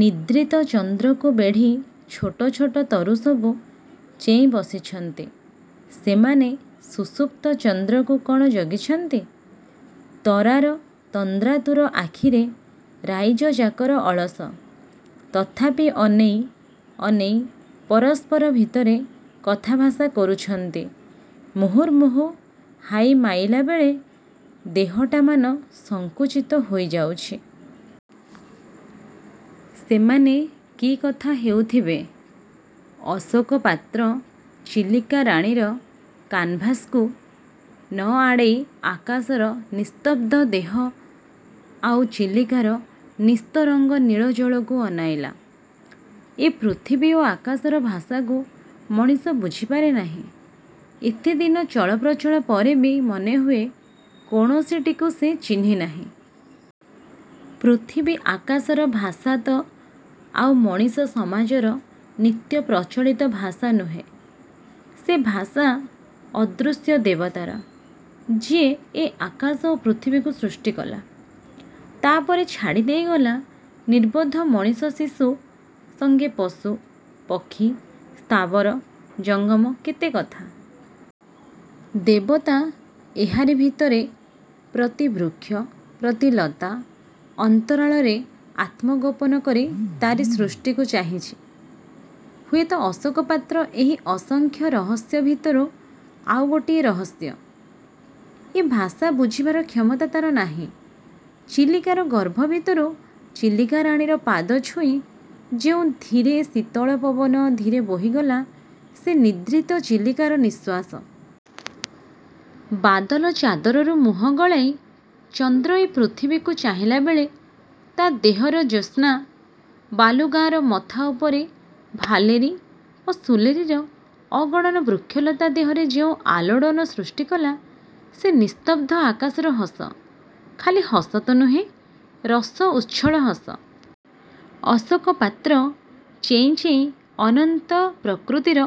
ନିଦ୍ରିତ ଚନ୍ଦ୍ରକୁ ବେଢ଼ି ଛୋଟ ଛୋଟ ତରୁ ସବୁ ଚେଇଁ ବସିଛନ୍ତି। ସେମାନେ ସୁସୁପ୍ତ ଚନ୍ଦ୍ରକୁ କଣ ଜଗିଛନ୍ତି? ତରାର ତନ୍ଦ୍ରାତୁର ଆଖିରେ ରାଇଜଯାକର ଅଳସ। ତଥାପି ଅନେଇ, ଅନେଇ ପରସ୍ପର ଭିତରେ କଥାଭାଷା କରୁଛନ୍ତି। ମୁହୁର୍ମୁହୁଃ ହାଇ ମାଇଲା ବେଳେ ଦେହଟାମାନ ସଙ୍କୁଚିତ ହୋଇ ଯାଉଛି। ସେମାନେ କି କଥା ହେଉଥିବେ? ଅଶୋକ ପାତ୍ର 'ଚିଲିକା-ରାଣୀ' ର କାନ୍ଭାସ୍କୁ ନ ଆଡ଼େଇ ଆକାଶର ନିସ୍ତବ୍ଧ-ଦେହ ଆଉ ଚିଲିକାର ନିସ୍ତରଙ୍ଗ ନୀଳ ଜଳକୁ ଅନାଇଲା। ଏ ପୃଥିବୀ ଓ ଆକାଶର ଭାଷାକୁ ମଣିଷ ବୁଝିପାରେ ନାହିଁ। ଏତେଦିନ ଚଳପ୍ରଚଳ ପରେ ବି ମନେ ହୁଏ, କୌଣସିଟିକୁ ସେ ଚିହ୍ନି ନାହିଁ। ପୃଥିବୀ ଆକାଶର ଭାଷା ତ ଆଉ ମଣିଷ ସମାଜର ନିତ୍ୟପ୍ରଚଳିତ ଭାଷା ନୁହେ! ସେ ଭାଷା ଅଦୃଶ୍ୟ ଦେବତାର, ଯିଏ ଏ ଆକାଶ ଓ ପୃଥିବୀକୁ ସୃଷ୍ଟି କଲା। ତା ପରେ ଛାଡ଼ି ଦେଇଗଲା ନିର୍ବୋଧ ମଣିଷ ଶିଶୁ ସଙ୍ଗେ ପଶୁ, ପକ୍ଷୀ, ସ୍ଥାବର, ଜଙ୍ଗମ କେତେ କଥା। ଦେବତା ଏହାରି ଭିତରେ ପ୍ରତି ବୃକ୍ଷ, ପ୍ରତି ଲତା ଅନ୍ତରାଳରେ ଆତ୍ମଗୋପନ କରି ତାରି ସୃଷ୍ଟିକୁ ଚାହିଁଚି। ହୁଏତ ଅଶୋକ ପାତ୍ର ଏହି ଅସଂଖ୍ୟ ରହସ୍ୟ ଭିତରୁ ଆଉ ଗୋଟିଏ ରହସ୍ୟ! ଏ ଭାଷା ବୁଝିବାର କ୍ଷମତା ତାର ନାହିଁ। ଚିଲିକାର ଗର୍ଭ ଭିତରୁ ଚିଲିକାରାଣୀ ର ପାଦ ଛୁଇଁ ଯେଉଁ ଧୀରେ, ଶୀତଳ ପବନ ଧୀରେ ବୋହିଗଲା, ସେ ନିଦ୍ରିତ ଚିଲିକାର ନିଃଶ୍ୱାସ। ବାଦଲ-ଚାଦରରୁ ମୁହଁ ଗଳାଇ, ଚନ୍ଦ୍ର ଏ ପୃଥିବୀକୁ ଚାହିଁଲାବେଳେ ତା ଦେହର ଜ୍ୟୋସ୍ନା ବାଲୁଗାଁର ମଥା ଉପରେ, ଭାଲେରୀ ଓ ସୁଲେରୀର ଅଗଣନ ବୃକ୍ଷଲତା ଦେହରେ ଯେଉଁ ଆଲୋଡ଼ନ ସୃଷ୍ଟି କଲା, ସେ ନିସ୍ତବ୍ଧ ଆକାଶର ହସ। ଖଲି ହସ ତ ନୁହେଁ ରସ ଉଚ୍ଛଳ ହସ! ଅଶୋକ ପାତ୍ର ଚେଇଁ ଚେଇଁ ଅନନ୍ତ ପ୍ରକୃତିର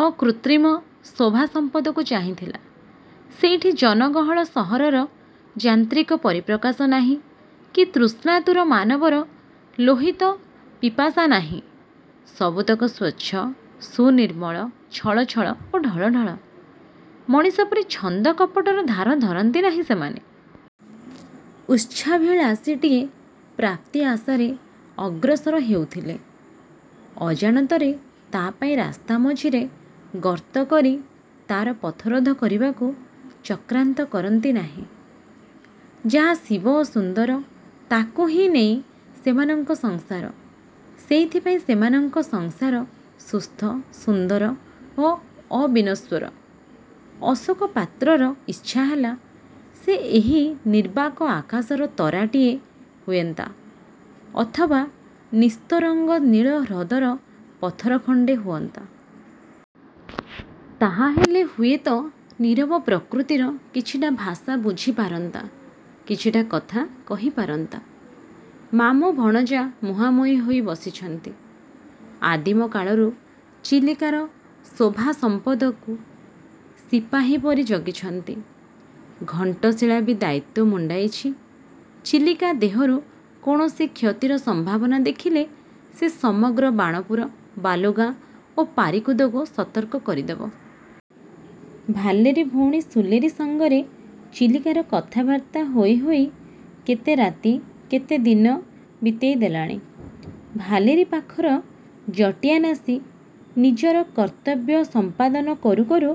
ଅକୃତ୍ରିମ ଶୋଭା ସମ୍ପଦକୁ ଚାହିଁଥିଲା। ସେଇଠି ଜନଗହଳ ସହରର ଯାନ୍ତ୍ରିକ ପରିପ୍ରକାଶ ନାହିଁ କି ତୃଷ୍ଣାତୁର ମାନବର ଲୋହିତ ପିପାସା ନାହିଁ। ସବୁତକ ସ୍ୱଚ୍ଛ, ସୁନିର୍ମଳ, ଛଳ ଛଳ ଓ ଢଳ ଢଳ! ମଣିଷ ପରି ଛନ୍ଦ, କପଟର ଧାର ଧରନ୍ତି ନାହିଁ ସେମାନେ। ଉଚ୍ଚାଭିଳାଷୀଟିଏ ପ୍ରାପ୍ତି ଆଶାରେ ଅଗ୍ରସର ହେଉଥିଲେ; ଅଜାଣତରେ ତା' ପାଇଁ ରାସ୍ତା ମଝିରେ ଗର୍ତ୍ତ କରି ତାର ପଥରୋଧ କରିବାକୁ-ଚକ୍ରାନ୍ତ କରନ୍ତି ନାହିଁ। ଯାହା ଶିବ ଓ ସୁନ୍ଦର, ତାକୁହିଁ ନେଇ ସେମାନଙ୍କ ସଂସାର। ସେଇଥିପାଇଁ ସେମାନଙ୍କ ସଂସାର ସୁସ୍ଥ, ସୁନ୍ଦର ଓ ଅବିନଶ୍ୱର। ଅଶୋକ ପାତ୍ରର ଇଚ୍ଛା ହେଲା ସେ ଏହି ନିର୍ବାକ ଆକାଶର ତରାଟିଏ ହୁଏନ୍ତା, ଅଥବା ନିସ୍ତରଙ୍ଗ ନୀଳ ହ୍ରଦର ପଥର ଖଣ୍ଡେ ହୁଅନ୍ତା। ତାହାହେଲେ ହୁଏତ ନିରବ ପ୍ରକୃତିର କିଛିଟା ଭାଷା ବୁଝି ପାରନ୍ତା, କିଛିଟା କଥା କହି ପାରନ୍ତା! ମାମୁଁ-ଭଣଜା ମୁହାଁମୁହିଁ ହୋଇ ବସିଛନ୍ତି। ଆଦିମ କାଳରୁ ଚିଲିକାର ଶୋଭା ସମ୍ପଦକୁ ସିପାହୀ ପରି ଜଗିଛନ୍ତି। ଘଣ୍ଟଶୀଳା ବି ଦାୟିତ୍ୱ ମୁଣ୍ଡାଇଛି। ଚିଲିକା ଦେହରୁ କୌଣସି କ୍ଷତିର ସମ୍ଭାବନା ଦେଖିଲେ ସେ ସମଗ୍ର ବାଣପୁର, ବାଲୁଗାଁ ଓ ପାରିକୁଦକୁ ସତର୍କ କରିଦେବ। ଭାଲେରୀ, ଭଉଣୀ ସୁଲେରୀ ସଙ୍ଗରେ ଚିଲିକାର କଥାବାର୍ତ୍ତା ହୋଇ ହୋଇ କେତେ ରାତି, କେତେ ଦିନ ବିତେଇ ଦେଲାଣି। ଭାଲେରୀ, ପାଖର 'ଜଟିଆ ନାସୀ' ନିଜର କର୍ତ୍ତବ୍ୟ ସମ୍ପାଦନ କରୁ କରୁ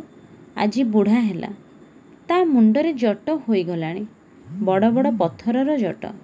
ଆସି ବୁଢ଼ା ହେଲା। ତା' ମୁଣ୍ଡରେ ଜଟ ହୋଇ ଗଲାଣି। ବଡ଼ ବଡ଼ ପଥରର ଜଟ।